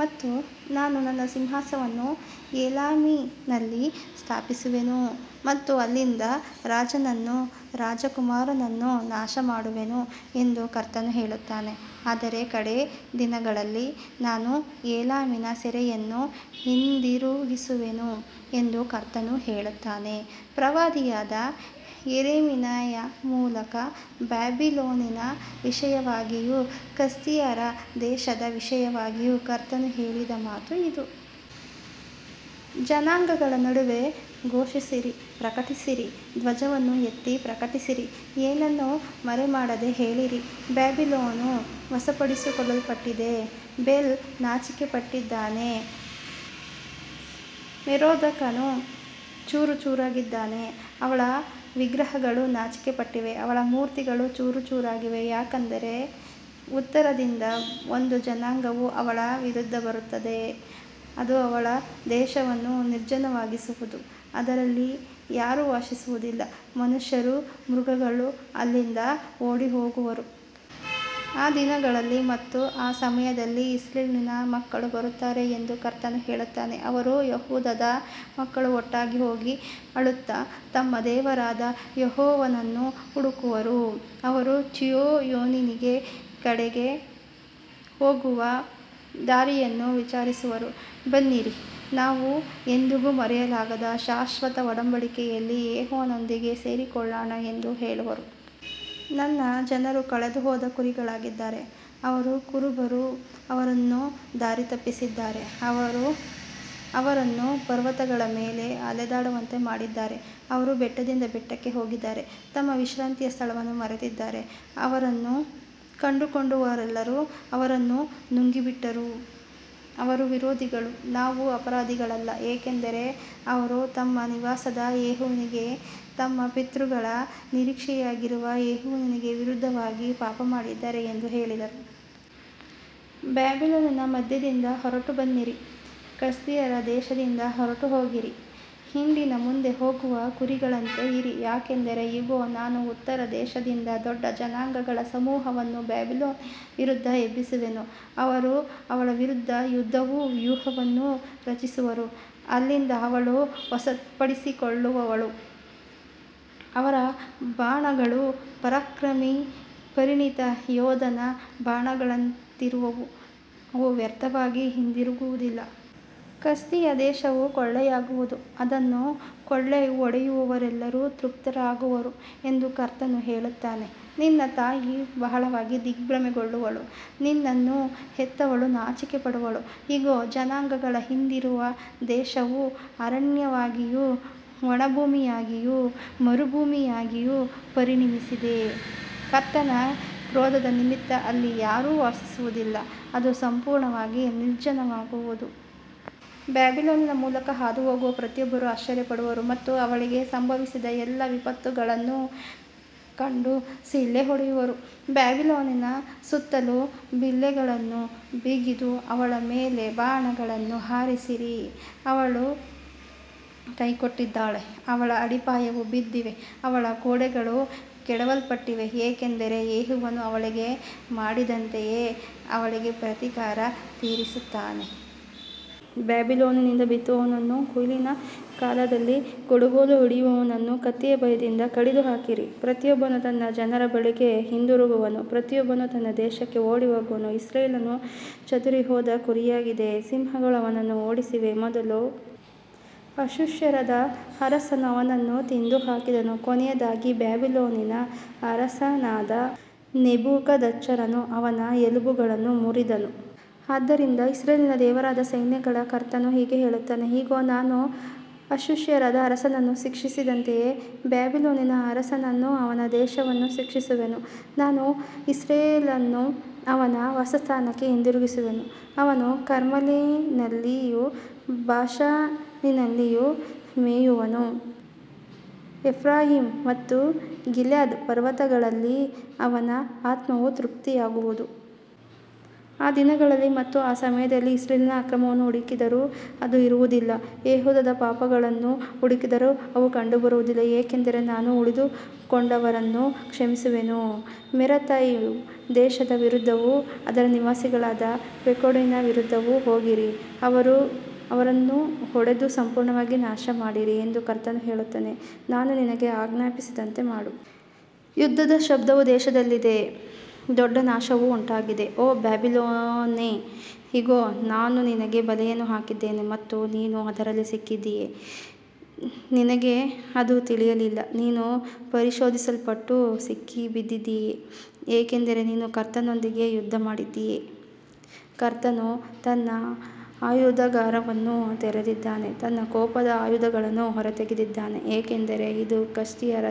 ಮತ್ತು ನಾನು ನನ್ನ ಸಿಂಹಾಸನವನ್ನು ಏಲಾಮಿನಲ್ಲಿ ಸ್ಥಾಪಿಸುವೆನು ಮತ್ತು ಅಲ್ಲಿಂದ ರಾಜನನ್ನೂ ರಾಜಕುಮಾರರನ್ನೂ ನಾಶಮಾಡುವೆನು ಎಂದು ಕರ್ತನು ಹೇಳುತ್ತಾನೆ. ಆದರೆ ಕಡೇ ದಿನಗಳಲ್ಲಿ ನಾನು ಏಲಾಮಿನ ಸೆರೆಯನ್ನು ಹಿಂದಿರುಗಿಸುವೆನು ಎಂದು ಕರ್ತನು ಹೇಳುತ್ತಾನೆ. ಪ್ರವಾದಿಯಾದ ಯೆರೆಮೀಯನ ಮೂಲಕ ಬಾಬಿಲೋನಿನ ವಿಷಯವಾಗಿಯೂ ಕಸ್ದೀಯರ ದೇಶದ ವಿಷಯವಾಗಿಯೂ ಕರ್ತನು ಹೇಳಿದ ಮಾತು ಇದು. ಜನಾಂಗಗಳ ನಡುವೆ ಘೋಷಿಸಿರಿ, ಪ್ರಕಟಿಸಿರಿ, ಧ್ವಜವನ್ನು ಎತ್ತಿ ಪ್ರಕಟಿಸಿರಿ, ಏನನ್ನೂ ಮರೆಮಾಡದೆ ಹೇಳಿರಿ, ಬಾಬಿಲೋನು ವಶಪಡಿಸಿಕೊಳ್ಳಲ್ಪಟ್ಟಿದೆ, ಬೇಲ್ ನಾಚಿಕೆಪಟ್ಟಿದ್ದಾನೆ, ಮೆರೋದಾಕನು ಚೂರುಚೂರಾಗಿದ್ದಾನೆ, ಅವಳ ವಿಗ್ರಹಗಳು ನಾಚಿಕೆಪಟ್ಟಿವೆ, ಅವಳ ಮೂರ್ತಿಗಳು ಚೂರುಚೂರಾಗಿವೆ. ಯಾಕಂದರೆ ಉತ್ತರದಿಂದ ಒಂದು ಜನಾಂಗವು ಅವಳ ವಿರುದ್ಧ ಬರುತ್ತದೆ, ಅದು ಅವಳ ದೇಶವನ್ನು ನಿರ್ಜನವಾಗಿಸುವುದು, ಅದರಲ್ಲಿ ಯಾರೂ ವಾಸಿಸುವುದಿಲ್ಲ, ಮನುಷ್ಯರೂ ಮೃಗಗಳೂ ಅಲ್ಲಿಂದ ಓಡಿಹೋಗುವರು. ಆ ದಿನಗಳಲ್ಲಿ ಮತ್ತು ಆ ಸಮಯದಲ್ಲಿ ಇಸ್ರಾಯೇಲಿನ ಮಕ್ಕಳು ಬರುತ್ತಾರೆ ಎಂದು ಕರ್ತನು ಹೇಳುತ್ತಾನೆ, ಅವರೂ ಯೆಹೂದದ ಮಕ್ಕಳೂ ಒಟ್ಟಾಗಿ ಹೋಗಿ ಅಳುತ್ತಾ ತಮ್ಮ ದೇವರಾದ ಯೆಹೋವನನ್ನು ಹುಡುಕುವರು. ಅವರು ಚೀಯೋನಿನ ಕಡೆಗೆ ಹೋಗುವ ದಾರಿಯನ್ನು ವಿಚಾರಿಸುವರು, ಬನ್ನಿರಿ, ನಾವು ಎಂದಿಗೂ ಮರೆಯಲಾಗದ ಶಾಶ್ವತ ಒಡಂಬಡಿಕೆಯಲ್ಲಿ ಯೆಹೋವನೊಂದಿಗೆ ಸೇರಿಕೊಳ್ಳೋಣ ಎಂದು ಹೇಳುವರು. ನನ್ನ ಜನರು ಕಳೆದುಹೋದ ಕುರಿಗಳಾಗಿದ್ದಾರೆ, ಅವರ ಕುರುಬರು ಅವರನ್ನು ದಾರಿತಪ್ಪಿಸಿದ್ದಾರೆ, ಅವರು ಅವರನ್ನು ಪರ್ವತಗಳ ಮೇಲೆ ಅಲೆದಾಡುವಂತೆ ಮಾಡಿದ್ದಾರೆ, ಅವರು ಬೆಟ್ಟದಿಂದ ಬೆಟ್ಟಕ್ಕೆ ಹೋಗಿದ್ದಾರೆ, ತಮ್ಮ ವಿಶ್ರಾಂತಿಯ ಸ್ಥಳವನ್ನು ಮರೆತಿದ್ದಾರೆ. ಅವರನ್ನು ಕಂಡುಕೊಂಡವರೆಲ್ಲರೂ ಅವರನ್ನು ನುಂಗಿಬಿಟ್ಟರು, ಅವರ ವಿರೋಧಿಗಳು, ನಾವು ಅಪರಾಧಿಗಳಲ್ಲ, ಏಕೆಂದರೆ ಅವರು ತಮ್ಮ ನಿವಾಸವಾದ ಯೆಹೋವನಿಗೆ, ತಮ್ಮ ಪಿತೃಗಳ ನಿರೀಕ್ಷೆಯಾಗಿರುವ ಯೆಹೋವನಿಗೆ ವಿರುದ್ಧವಾಗಿ ಪಾಪಮಾಡಿದ್ದಾರೆ ಎಂದು ಹೇಳಿದರು. ಬಾಬಿಲೋನಿನ ಮಧ್ಯದಿಂದ ಹೊರಟುಬನ್ನಿರಿ, ಕಸ್ದೀಯರ ದೇಶದಿಂದ ಹೊರಟುಹೋಗಿರಿ, ಹಿಂಡಿನ ಮುಂದೆ ಹೋಗುವ ಮೇಕೆಗಳಂತೆ ಇರಿ. ಯಾಕಂದರೆ ಇಗೋ, ನಾನು ಉತ್ತರದ ದೇಶದಿಂದ ದೊಡ್ಡ ಜನಾಂಗಗಳ ಸಮೂಹವನ್ನು ಬಾಬಿಲೋನಿನ ವಿರುದ್ಧ ಎಬ್ಬಿಸುವೆನು, ಅವರು ಅವಳ ವಿರುದ್ಧ ಯುದ್ಧದ ವ್ಯೂಹವನ್ನು ರಚಿಸುವರು, ಅಲ್ಲಿಂದ ಅವಳು ವಶಪಡಿಸಿಕೊಳ್ಳಲ್ಪಡುವಳು, ಅವರ ಬಾಣಗಳು ಪರಾಕ್ರಮಿ ಪರಿಣಿತ ಯೋಧನ ಬಾಣಗಳಂತಿರುವವು, ಅವು ವ್ಯರ್ಥವಾಗಿ ಹಿಂದಿರುಗುವುದಿಲ್ಲ. ಕಸ್ದೀಯ ದೇಶವು ಕೊಳ್ಳೆಯಾಗುವುದು, ಅದನ್ನು ಕೊಳ್ಳೆಹೊಡೆಯುವವರೆಲ್ಲರೂ ತೃಪ್ತರಾಗುವರು ಎಂದು ಕರ್ತನು ಹೇಳುತ್ತಾನೆ. ನಿನ್ನ ತಾಯಿ ಬಹಳವಾಗಿ ದಿಗ್ಭ್ರಮೆಗೊಳ್ಳುವಳು, ನಿನ್ನನ್ನು ಹೆತ್ತವಳು ನಾಚಿಕೆಪಡುವಳು, ಇಗೋ, ಜನಾಂಗಗಳ ಹಿಂದಿರುವ ದೇಶವು ಅರಣ್ಯವಾಗಿಯೂ ಒಣಭೂಮಿಯಾಗಿಯೂ ಮರುಭೂಮಿಯಾಗಿಯೂ ಪರಿಣಮಿಸಿದೆ. ಕರ್ತನ ಕ್ರೋಧದ ನಿಮಿತ್ತ ಅಲ್ಲಿ ಯಾರೂ ವಾಸಿಸುವುದಿಲ್ಲ, ಅದು ಸಂಪೂರ್ಣವಾಗಿ ನಿರ್ಜನವಾಗುವುದು. ಬಾಬಿಲೋನಿನ ಮೂಲಕ ಹಾದುಹೋಗುವ ಪ್ರತಿಯೊಬ್ಬರೂ ಆಶ್ಚರ್ಯಪಡುವರು ಮತ್ತು ಅವಳಿಗೆ ಸಂಭವಿಸಿದ ಎಲ್ಲಾ ವಿಪತ್ತುಗಳನ್ನು ಕಂಡು ಸಿಳ್ಳೆ ಹೊಡೆಯುವರು. ಬಾಬಿಲೋನಿನ ಸುತ್ತಲೂ ಬಿಲ್ಲುಗಳನ್ನು ಬಿಗಿದು ಅವಳ ಮೇಲೆ ಬಾಣಗಳನ್ನು ಹಾರಿಸಿರಿ, ಅವಳು ಕೈಕೊಟ್ಟಿದ್ದಾಳೆ, ಅವಳ ಅಡಿಪಾಯಗಳು ಬಿದ್ದಿವೆ, ಅವಳ ಗೋಡೆಗಳು ಕೆಡವಲ್ಪಟ್ಟಿವೆ, ಏಕೆಂದರೆ ಯೆಹೋವನು ಅವಳಿಗೆ ಮಾಡಿದಂತೆಯೇ ಅವಳಿಗೆ ಪ್ರತೀಕಾರ ತೀರಿಸುತ್ತಾನೆ. ಬಾಬಿಲೋನಿನಿಂದ ಬಿತ್ತುವವನನ್ನೂ ಕೊಯ್ಲಿನ ಕಾಲದಲ್ಲಿ ಕುಡುಗೋಲು ಹಿಡಿಯುವವನನ್ನೂ ಕತ್ತಿಯ ಭಯದಿಂದ ಕಡಿದುಹಾಕಿರಿ, ಪ್ರತಿಯೊಬ್ಬನೂ ತನ್ನ ಜನರ ಬಳಿಗೆ ಹಿಂದಿರುಗುವನು, ಪ್ರತಿಯೊಬ್ಬನೂ ತನ್ನ ದೇಶಕ್ಕೆ ಓಡಿಹೋಗುವನು. ಇಸ್ರಾಯೇಲು ಚದುರಿಹೋದ ಕುರಿಯಾಗಿದೆ, ಸಿಂಹಗಳು ಅವನನ್ನು ಓಡಿಸಿವೆ, ಮೊದಲು ಅಶ್ಶೂರದ ಅರಸನು ಅವನನ್ನು ತಿಂದುಹಾಕಿದನು, ಕೊನೆಯದಾಗಿ ಬಾಬಿಲೋನಿನ ಅರಸನಾದ ನೆಬೂಕದ್ನೆಚ್ಚರನು ಅವನ ಎಲುಬುಗಳನ್ನು ಮುರಿದನು. ಆದ್ದರಿಂದ ಇಸ್ರಾಯೇಲಿನ ದೇವರಾದ ಸೈನ್ಯಗಳ ಕರ್ತನು ಹೀಗೆ ಹೇಳುತ್ತಾನೆ, ಇಗೋ, ನಾನು ಅಶ್ಶೂರದ ಅರಸನನ್ನು ಶಿಕ್ಷಿಸಿದಂತೆಯೇ ಬಾಬಿಲೋನಿನ ಅರಸನನ್ನೂ ಅವನ ದೇಶವನ್ನೂ ಶಿಕ್ಷಿಸುವೆನು. ನಾನು ಇಸ್ರಾಯೇಲನ್ನು ಅವನ ವಾಸಸ್ಥಾನಕ್ಕೆ ಹಿಂದಿರುಗಿಸುವೆನು, ಅವನು ಕರ್ಮೆಲಿನಲ್ಲಿಯೂ ಬಾಷಾನಿನಲ್ಲಿಯೂ ಮೇಯುವನು, ಎಫ್ರಾಯೀಮ್ ಮತ್ತು ಗಿಲ್ಯಾದ್ ಪರ್ವತಗಳಲ್ಲಿ ಅವನ ಆತ್ಮವು ತೃಪ್ತಿಯಾಗುವುದು. ಆ ದಿನಗಳಲ್ಲಿ ಮತ್ತು ಆ ಸಮಯದಲ್ಲಿ ಇಸ್ರಾಯೇಲಿನ ಅಕ್ರಮವನ್ನು ಹುಡುಕಿದರೂ ಅದು ಇರುವುದಿಲ್ಲ, ಯೆಹೂದದ ಪಾಪಗಳನ್ನೂ ಹುಡುಕಿದರೂ ಅವು ಕಂಡುಬರುವುದಿಲ್ಲ, ಏಕೆಂದರೆ ನಾನು ಉಳಿಸಿಕೊಂಡವರನ್ನು ಕ್ಷಮಿಸುವೆನು. ಮೆರತೈಮ್ ದೇಶದ ವಿರುದ್ಧವೂ, ಅದರ ನಿವಾಸಿಗಳಾದ ಪೆಕೋಡಿನ ವಿರುದ್ಧವೂ ಹೋಗಿರಿ, ಅವರನ್ನು ಹೊಡೆದು ಸಂಪೂರ್ಣವಾಗಿ ನಾಶಮಾಡಿರಿ ಎಂದು ಕರ್ತನು ಹೇಳುತ್ತಾನೆ, ನಾನು ನಿನಗೆ ಆಜ್ಞಾಪಿಸಿದಂತೆ ಮಾಡು. ಯುದ್ಧದ ಶಬ್ದವು ದೇಶದಲ್ಲಿದೆ, ದೊಡ್ಡ ನಾಶವು ಉಂಟಾಗಿದೆ. ಓ ಬಾಬಿಲೋನೇ, ಇಗೋ, ನಾನು ನಿನಗೆ ಬಲೆಯನ್ನು ಹಾಕಿದ್ದೇನೆ ಮತ್ತು ನೀನು ಅದರಲ್ಲಿ ಸಿಕ್ಕಿಬಿದ್ದಿದ್ದೀಯೆ, ನಿನಗೆ ಅದು ತಿಳಿಯಲಿಲ್ಲ, ನೀನು ಪರಿಶೋಧಿಸಲ್ಪಟ್ಟು ಸಿಕ್ಕಿಬಿದ್ದಿದ್ದೀಯೆ, ಏಕೆಂದರೆ ನೀನು ಕರ್ತನೊಂದಿಗೆ ಯುದ್ಧಮಾಡಿದ್ದೀಯೆ. ಕರ್ತನು ತನ್ನ ಆಯುಧಾಗಾರವನ್ನು ತೆರೆದಿದ್ದಾನೆ, ತನ್ನ ಕೋಪದ ಆಯುಧಗಳನ್ನು ಹೊರತೆಗೆದಿದ್ದಾನೆ, ಏಕೆಂದರೆ ಇದು ಕಸ್ದೀಯರ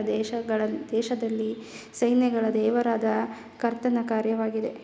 ದೇಶದಲ್ಲಿ ಸೈನ್ಯಗಳ ದೇವರಾದ ಕರ್ತನ ಕಾರ್ಯವಾಗಿದೆ.